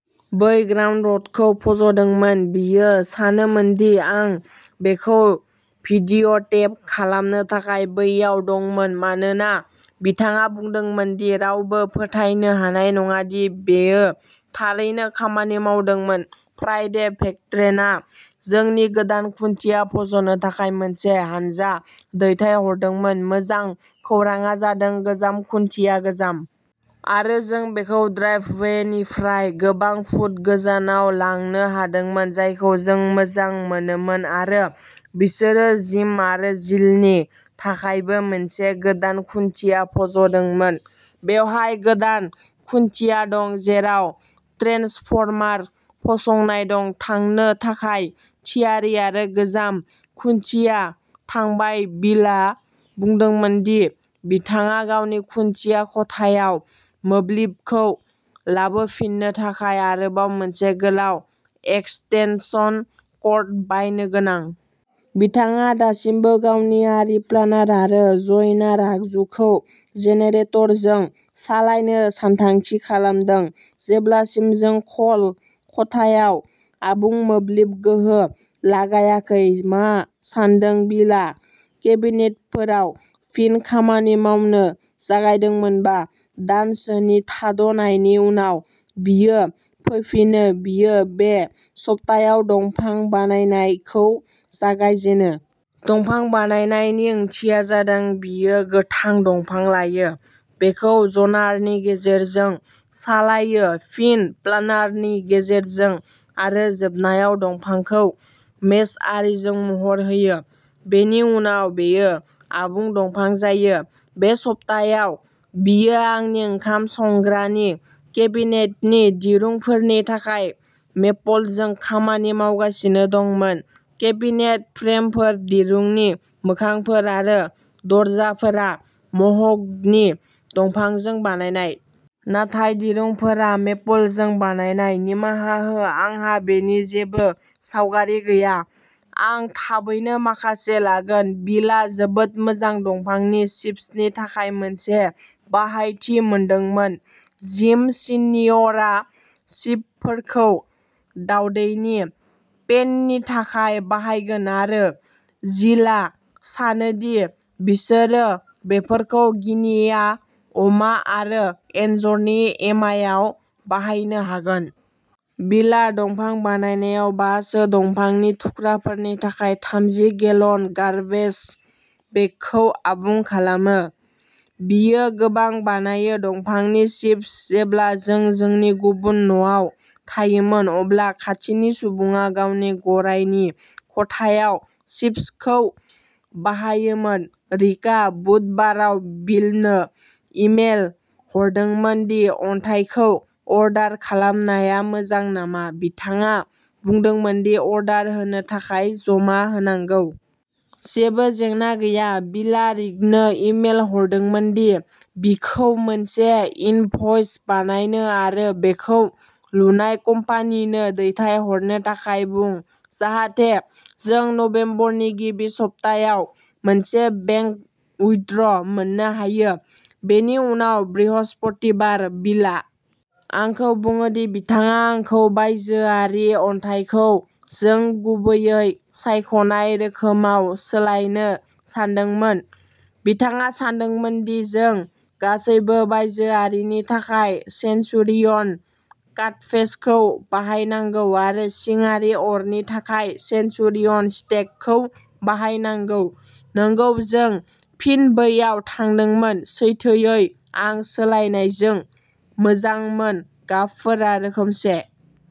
बै ग्राउन्ड रडखौ फज'दोंमोन बियो सानोमोनदि आं बेखौ भिडिअ'टेप खालामनो थाखाय बैयाव दंमोन मानोना बिथाङा बुंदोंमोन दि रावबो फोथायनो हानाय नङा दि बेयो थारैनो खामानि मावदोंमोन फ्राइडे भेक्ट्रेनआ जोंनि गोदान खुन्थिया फज'नो थाखाय मोनसे हानजा दैथायहरदोंमोन मोजां खौरांआ जादों गोजाम खुन्थिया गोजाम! आरो जों बेखौ ड्राइभवेनिफ्राय गोबां फुट गोजानाव लांनो हादोंमोन जायखौ जों मोजां मोनोमोन आरो बिसोरो जिम आरो जिलनि थाखायबो मोनसे गोदान खुन्थिया फज'दोंमोन बेवहाय गोदान खुन्थिया दं जेराव ट्रेन्सफर्मार फसंनाय दं थांनो थाखाय थियारि आरो गोजाम खुन्थिया थांबाय बिलआ बुंदोंमोन दि बिथाङा गावनि खुन्थिया खथायाव मोब्लिबखौ लाबोफिन्नो थाखाय आरोबाव मोनसे गोलाव एक्सटेनसन कर्ड बायनो गोनां। बिथाङा दासिमबो गावनि आरी प्लानार आरो ज'यनार आगजुखौ जेनेरेटरजों सालायनो सानथांखि खालामदों जेब्लासिम जों ख'ल खथायाव आबुं मोब्लिब गोहो लागायाखै मा सान्दों बिलआ केबिनेटफोराव फिन खामानि मावनो जागायदोंमोन बा दानसोनि थाद'नायनि उनाव बियो फैफिनो बियो बे सप्तायाव दंफां बानायनाय खौ जागायजेनो। दंफां बानायनाय नि ओंथिया जादों बियो गोथां दंफां लायो बेखौ ज'नारनि गेजेरजों सालायो फिन प्लानारनि गेजेरजों आरो जोबनायाव दंफांखौ मेज आरीजों महर होयो। बेनि उनाव बेयो आबुं दंफां जायो। बे सप्तायाव बियो आंनि ओंखाम संग्रानि केबिनेटनि दिरुंफोरनि थाखाय मेपलजों खामानि मावगासिनो दंमोन केबिनेट फ्रेमफोर दिरुंनि मोखांफोर आरो दरजाफोरा मह'गनि दंफांजों बानायनाय। नाथाय दिरुंफोरा मेपलजों बानायनाय निमाहा हो आंहा बेनि जेबो सावगारि गैया आं थाबैनो माखासे लागोन बिलआ जोबोद मोजां दंफांनि चिप्सनि थाखाय मोनसे बाहायथि मोनदोंमोन जिम सिनिअरआ चिपफोरखौ दावदैनि पेननि थाखाय बाहायगोन आरो जिलआ सानो दि बिसोरो बेफोरखौ गिनिया अमा आरो एन्जरनि एमायाव बाहायनो हागोन। बिलआ दंफां बानायनायाव बा सो दंफांनि थुख्राफोरनि थाखाय थामजि गेलन गार्बेज बेगखौ आबुं खालामो। बियो गोबां बानायो दंफांनि चिप्स जेब्ला जों जोंनि गुबुन न'आव थायोमोन अब्ला खाथिनि सुबुङा गावनि गरायनि खथायाव चिप्सखौ बाहायोमोन रिकआ बुधबाराव बिलनो इमेल हरदोंमोन दि अन्थाइखौ अर्डार खालामनाया मोजां नामा बिथाङा बुंदोंमोन दि अर्डार होनो थाखाय जमा होनांगौ। जेबो जेंना गैया बिलआ रिकनो इमेल हरदोंमोन दि बिखौ मोनसे इनभ'इस बानायनो आरो बेखौ लुनाय कम्पानिनो दैथायहरनो थाखाय बुं जाहाथे जों नबेम्बरनि गिबि सप्तायाव मोनसे बेंक उयड्र' मोननो हायो। बेनि उनाव बृहस्पतिबार बिलआ आंखौ बुङो दि बिथाङा आंखौ बायजोआरि अन्थाइखौ जों गुबैयै सायख'नाय रोखोमाव सोलायनो सानदोंमोन बिथाङा सानदोंमोन दि जों गासैबो बायजोआरि नि थाखाय सेन्चुरियन काटफेस खौ बाहायनांगौ आरो सिंआरि अरनि थाखाय सेन्चुरियन स्टेक खौ बाहायनांगौ नंगौ जों फिन बैयाव थांदोंमोन सैथोयै आं सोलायनायजों मोजांमोन गाबफोरा रोखोमसे।